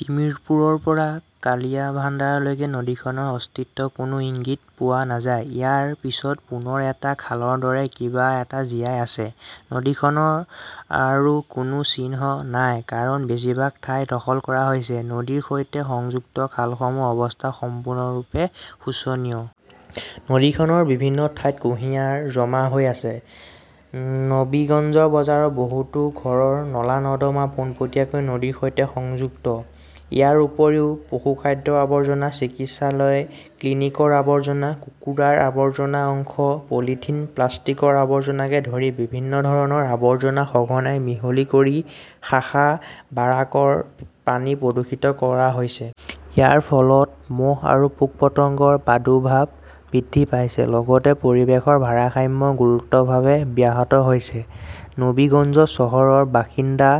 তিমিৰপুৰৰ পৰা কালিয়াৰভাঙ্গালৈকে নদীখনৰ অস্তিত্বৰ কোনো ইংগিত পোৱা নাযায়। ইয়াৰ পিছত পুনৰ এটা খালৰ দৰে কিবা এটা জীয়াই আছে। নদীখনৰ আৰু কোনো চিহ্ন নাই কাৰণ বেছিভাগ ঠাই দখল কৰা হৈছে। নদীৰ সৈতে সংযুক্ত খালসমূহৰ অৱস্থাও সম্পূৰ্ণৰূপে শোচনীয়। নদীখনৰ বিভিন্ন ঠাইত কুঁহিয়াৰ জমা হৈ আছে। নবীগঞ্জ বজাৰৰ বহুতো ঘৰৰ নলা-নৰ্দমা পোনপটীয়াকৈ নদীৰ সৈতে সংযুক্ত। ইয়াৰ উপৰিও, পশুখাদ্যৰ আৱৰ্জনা, চিকিৎসালয়-ক্লিনিকৰ আৱৰ্জনা, কুকুৰাৰ আৱৰ্জনাৰ অংশ, পলিথিন, প্লাষ্টিকৰ আৱৰ্জনাকে ধৰি বিভিন্ন ধৰণৰ আৱৰ্জনা সঘনাই মিহলি কৰি শাখা বাৰাকৰ পানী প্ৰদূষিত কৰা হৈছে। ইয়াৰ ফলত মহ আৰু পোক-পতংগৰ প্ৰাদুৰ্ভাৱ বৃদ্ধি পাইছে, লগতে পৰিৱেশৰ ভাৰসাম্য গুৰুতৰভাৱে ব্যাহত হৈছে। নবীগঞ্জ চহৰৰ বাসিন্দা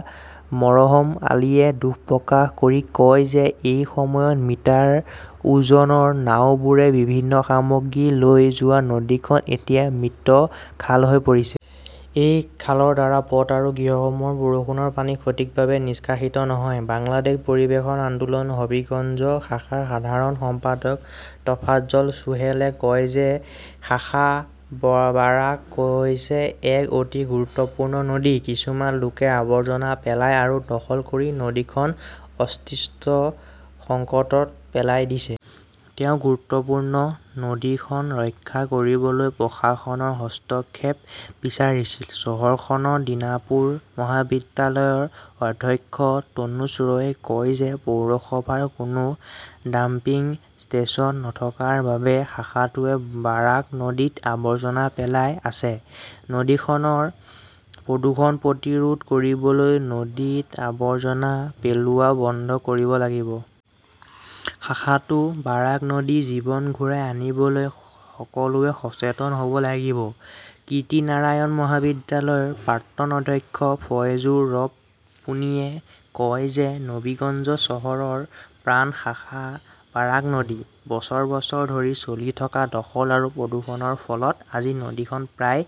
মৰহম আলীয়ে দুখ প্ৰকাশ কৰি কয় যে এইসময়ত মিটাৰ ওজনৰ নাওবোৰে বিভিন্ন সামগ্ৰী লৈ যোৱা নদীখন এতিয়া মৃত খাল হৈ পৰিছে। এই খালৰ দ্বাৰা পথ আৰু গৃহসমূহৰ বৰষুণৰ পানী সঠিকভাৱে নিষ্কাশিত নহয়। বাংলাদেশ পৰিৱেশন আন্দোলন হবিগঞ্জ শাখাৰ সাধাৰণ সম্পাদক টফাজ্জল চোহেলে কয় যে শাখা বাৰাক হৈছে এক অতি গুৰুত্বপূৰ্ণ নদী। কিছুমান লোকে আৱৰ্জনা পেলাই আৰু দখল কৰি নদীখনক অস্তিত্বৰ সংকটত পেলাই দিছে। তেওঁ গুৰুত্বপূৰ্ণ নদীখন ৰক্ষা কৰিবলৈ প্ৰশাসনৰ হস্তক্ষেপ বিচাৰিছিল। চহৰখনৰ দিনাৰপুৰ মহাবিদ্যালয়ৰ অধ্যক্ষ তনুজ ৰয়ে কয় যে পৌৰসভাৰ কোনো ডাম্পিং ষ্টেচন নথকাৰ বাবে শাখাটোৱে বাৰাক নদীত আৱৰ্জনা পেলাই আছে। নদীখনৰ প্ৰদূষণ প্ৰতিৰোধ কৰিবলৈ নদীত আৱৰ্জনা পেলোৱা বন্ধ কৰিব লাগিব। শাখাটো বাৰাক নদীৰ জীৱন ঘূৰাই আনিবলৈ সকলোৱে সচেতন হ 'ব লাগিব। কিৰ্তিনাৰায়ণ মহাবিদ্যালয়ৰ প্ৰাক্তন অধ্যক্ষ ফয়জুৰ ৰব পোনীয়ে কয় যে নবীগঞ্জ চহৰৰ প্ৰাণ শাখা বাৰাক নদী। বছৰ বছৰ ধৰি চলি থকা দখল আৰু প্ৰদূষণৰ ফলত আজি নদীখন প্ৰায়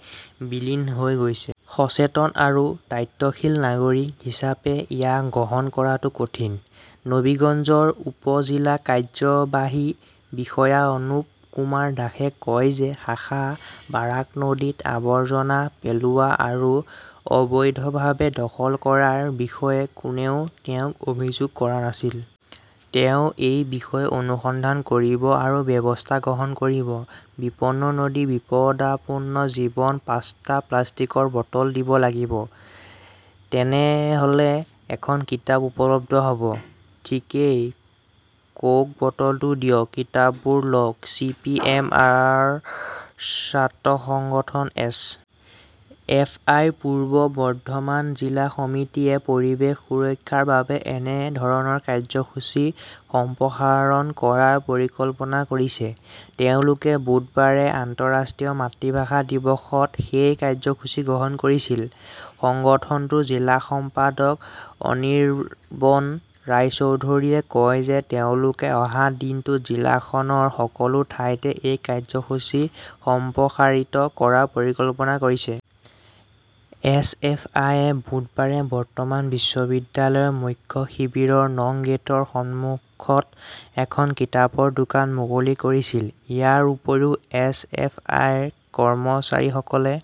বিলীন হৈ গৈছে। সচেতন আৰু দায়িত্বশীল নাগৰিক হিচাপে ইয়াক গ্ৰহণ কৰাটো কঠিন। নবীগঞ্জৰ উপ-জিলা কাৰ্যবাহী বিষয়া অনুপ কুমাৰ দাসে কয় যে শাখা বাৰাক নদীত আৱৰ্জনা পেলোৱা আৰু অবৈধভাৱে দখল কৰাৰ বিষয়ে কোনেও তেওঁক অভিযোগ কৰা নাছিল। তেওঁ এই বিষয়ে অনুসন্ধান কৰিব আৰু ব্যৱস্থা গ্ৰহণ কৰিব। বিপন্ন নদীৰ বিপদাপন্ন জীৱন পাঁচটা প্লাষ্টিকৰ বটল দিব লাগিব। তেনেহ’লে এখন কিতাপ উপলব্ধ হ’ব। ঠিকেই কওক-বটলটো দিয়ক, কিতাপবোৰ লওক। চি. পি. এম. আৰ ছাত্ৰ সংগঠন এছ. এফ. আই. ৰ পূৱ বৰ্ধমান জিলা সমিতিয়ে পৰিৱেশ সুৰক্ষাৰ বাবে এনে ধৰণৰ কাৰ্যসূচী সম্প্ৰসাৰণ কৰাৰ পৰিকল্পনা কৰিছে। তেওঁলোকে বুধবাৰে আন্তঃৰাষ্ট্ৰীয় মাতৃভাষা দিৱসত সেই কাৰ্যসূচী গ্ৰহণ কৰিছিল। সংগঠনটোৰ জিলা সম্পাদক অনিৰবন ৰায়চৌধৰীয়ে কয় যে তেওঁলোকে অহা দিনটোত জিলাখনৰ সকলো ঠাইতে এই কাৰ্যসূচী সম্প্ৰসাৰিত কৰাৰ পৰিকল্পনা কৰিছে। এছ. এফ. আই. য়ে বুধবাৰে বৰ্ধমান বিশ্ববিদ্যালয়ৰ মুখ্য শিবিৰৰ নং গেটৰ সন্মুখত এখন কিতাপৰ দোকান মুকলি কৰিছিল। ইয়াৰ উপৰিও, এছ. এফ. আই. ৰ কৰ্মচাৰীসকলে